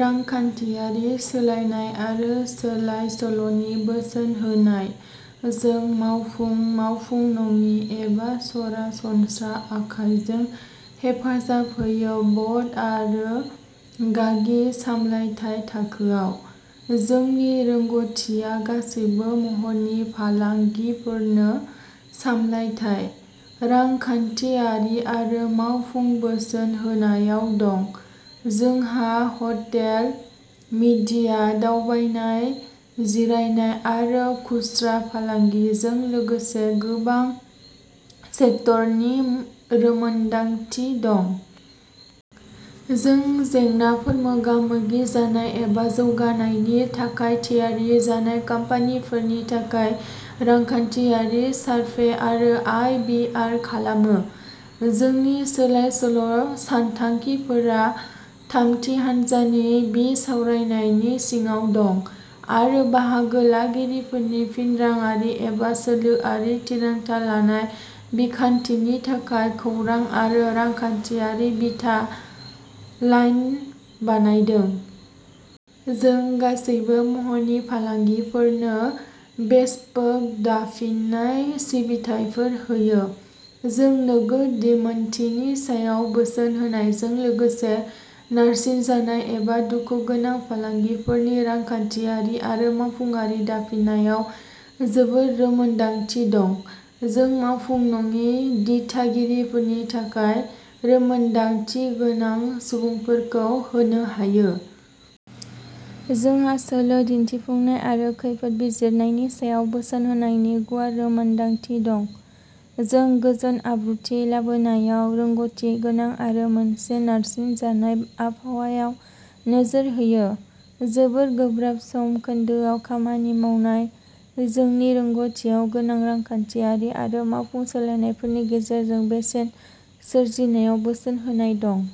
रांखान्थियारि सोलायनाय आरो सोलायसोल'नि बोसोन होनाय। जों मावफुं, मावफुं नङि एबा सरासनस्रा "आखायजों" हेफाजाब होयो बर्ड आरो गागि सामलायथाय थाखोआव। जोंनि रोंग'थिआ गासैबो महरनि फालांगिफोरनो सामलायथाय, रांखान्थियारि आरो मावफुं बोसोन होनायाव दं। जोंहा हटेल, मीडिया, दावबायनाय, जिरायनाय आरो खुस्रा फालांगिजों लोगोसे गोबां सेक्टरनि रोंमोनदांथि दं। जों जेंनाफोर मोगा-मोगि जानाय एबा जौगानायनि थाखाय थियारि जानाय कम्पानिफोरनि थाखाय रांखान्थियारि सारभे आरो आइ बि आर खालामो। जोंनि सोलायसोल'नि सानथांखिफोरा थामथि हान्जानि बिसावरायनायनि सिङाव दं आरो बाहागो लागिरिफोरनि फिन राङारि एबा सोलोआरि थिरांथा लानाय बिखान्थिनि थाखाय "खौरां आरो रांखान्थियारि बिथा लाइन" बानायदों। जों गासैबो महरनि फालांगिफोरनो बेसपोक दाफिननाय सिबिथाइफोर होयो। जों नोगोद दिदोमथिनि सायाव बोसोन होनायजों लोगोसे नारसिनजानाय एबा दुखुगोनां फालांगिफोरनि रांखान्थियारि आरो मावफुंआरि दाफिननायाव जोबोद रोंमोनदांथि दं। जों मावफुं नङि दिथागिरिफोरनि थाखाय रोंमोनदांथिगोनां सुबुंफोरखौ होनो हायो। जोंहा सोलो दिन्थिफुंनाय आरो खैफोद बिजिरनायनि सायाव बोसोन होनायनि गुवार रोंमोनदांथि दं। जों गोजोन आब्रुथि लाबोनायाव रोंग'थिगोनां आरो मोनसे नारसिनजानाय आबहावायाव नोजोर होयो। जोबोर गोब्राब समखोन्दोआव खामानि मावनाय। जोंनि रोंग'थियाव गोनां रांखान्थियारि आरो मावफुं सोलायनायफोरनि गेजेरजों बेसेन सोरजिनायाव बोसोन होनाय दं।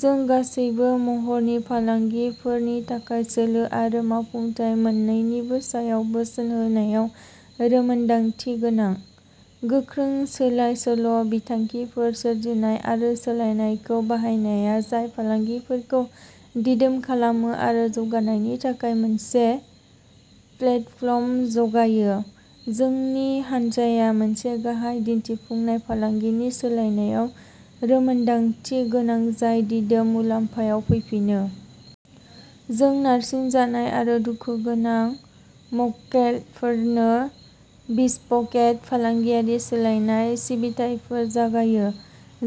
जों गासैबो महरनि फालांगिफोरनि थाखाय सोलो आरो मावफुंथाय मोन्नैनिबो सायाव बोसोन होनायाव रोंमोनदांथि गोनां। गोख्रों सोलायसोल'बिथांखिफोर सोरजिनाय आरो सोलायनायखौ बाहायनाया जाय फालांगिफोरखौ दिदोम खालामो आरो जौगानायनि थाखाय मोनसे प्लेटफर्म जगायो। जोंनि हानजाया मोनसे गाहाय दिन्थिफुंनाय फालांगिनि सोलायनायाव रोंमोनदांथि गोनां जाय दिदोम मुलाम्फायाव फैफिनो। जों नारसिनजानाय आरो दुखुगोनां मक्केलफोरनो बिस्प'के फालांगियारि सोलायनाय सिबिथाइफोर जगायो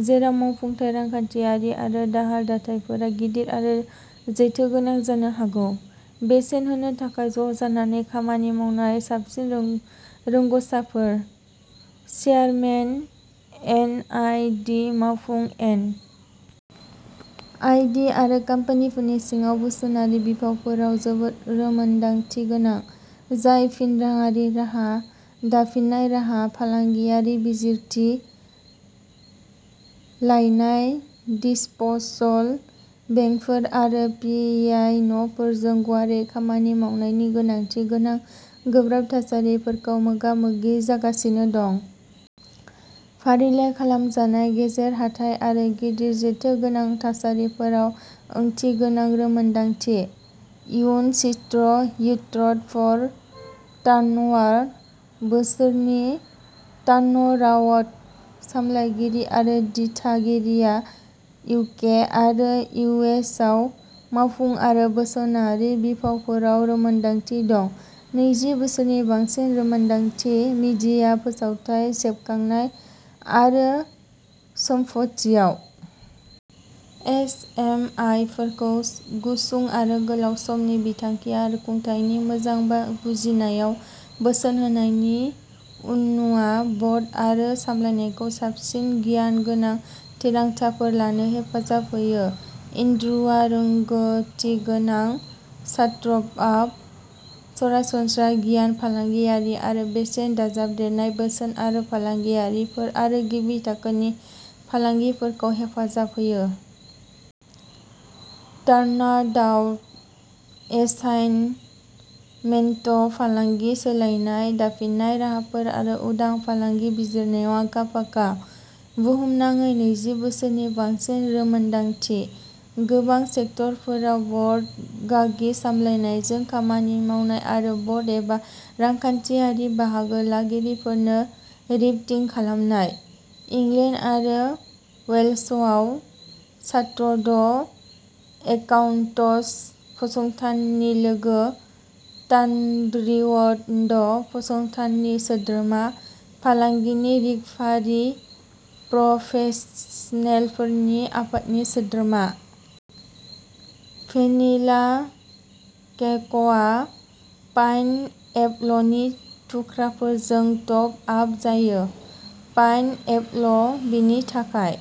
जेराव मावफुंथाय, रांखान्थियारि आरो दाहार दाथायफोरा गिदिर आरो जेथोगोनां जानो हागौ। बेसेन होनो थाखाय ज'जानानै खामानि मावनाय साबसिन रोंग'सारफोर। चेयारमेन/एन. इ. डि., मावफुं एन. इ. डि. आरो कम्पानिफोरनि सिङाव बोसोनारि बिफावफोराव जोबोद रोंमोनदांथि गोनां, जाय फिन राङारि राहा, दाफिननाय राहा, फालांगियारि बिजिरथि लायनाय, दिस्प'सल, बेंकफोर आरो पि. इ. न'फोरजों गुवारै खामानि मावनायनि गोनांथि गोनां गोब्राब थासारिफोरखौ मोगा मोगि जागासिनो दं। फारिलाइ खालामजानाय, गेजेर-हाथाइ आरो गिदिर जेथोगोनां थासारिफोराव ओंथिगोनां रोंमोनदांथि। इनस्टिट्युट फर टार्नआर बोसोर नि टार्नाराउण्ड। सामलायगिरि आरो दिथागिरिया इउके आरो इउएसएआव मावफुं आरो बोसोनारि बिफावफोराव रोंमोनदांथि दं। नैजि बोसोरनि बांसिन रोंमोनदांथि, मीडिया, फोसावथाय, सेबखांनाय आरो सम्फथिआव। एस. एम. इ. फोरखौ गुसुं आरो गोलाव समनि बिथांखि आरो खुंथायनि मोजां बुजिनायआव बोसोन होनायनि उननुआ ब'र्ड आरो सामलायनायखौ साबसिन गियान गोनां थिरांथाफोर लानो हेफाजाब होयो। एन्ड्रुआ रोंग'थिगोनां स्टार्टआप, सरासनस्रा गियान, फालांगियारि आरो बेसेन दाजाबदेरनाय बोसोन आरो फालांगियारिफोर आरो गिबि थाखोनि फालांगिफोरखौ हेफाजाब होयो। टार्नारडाउन एसाइनमेन्ट, फालांगि सोलायनाय, दाफिननाय राहाफोर आरो उदां फालांगि बिजिरनायाव आखा-फाखा। बुहुमनाङै नैजि बोसोरनि बांसिन रोंमोनदांथि, गोबां सेक्टरफोराव, ब'र्ड/गागि सामलायनायजों खामानि मावनाय आरो ब'र्ड एबा रांखान्थियारि बाहागो लागिरिफोरनो रिपर्टिं खालामनाय। इंलेन्ड आरो वेल्सआव चार्टार्ड एकाउन्ट्स फसंथाननि लोगो, टार्नारउन्ड फसंथाननि सोद्रोमा, फालांगि रिकभारि प्रफेसनेलफोरनि आफादनि सोद्रोमा। भेनिला केकआ पाइनएपलनि थुख्राफोरजों टप आप जायो। पाइनएपल, बेनि थाखाय।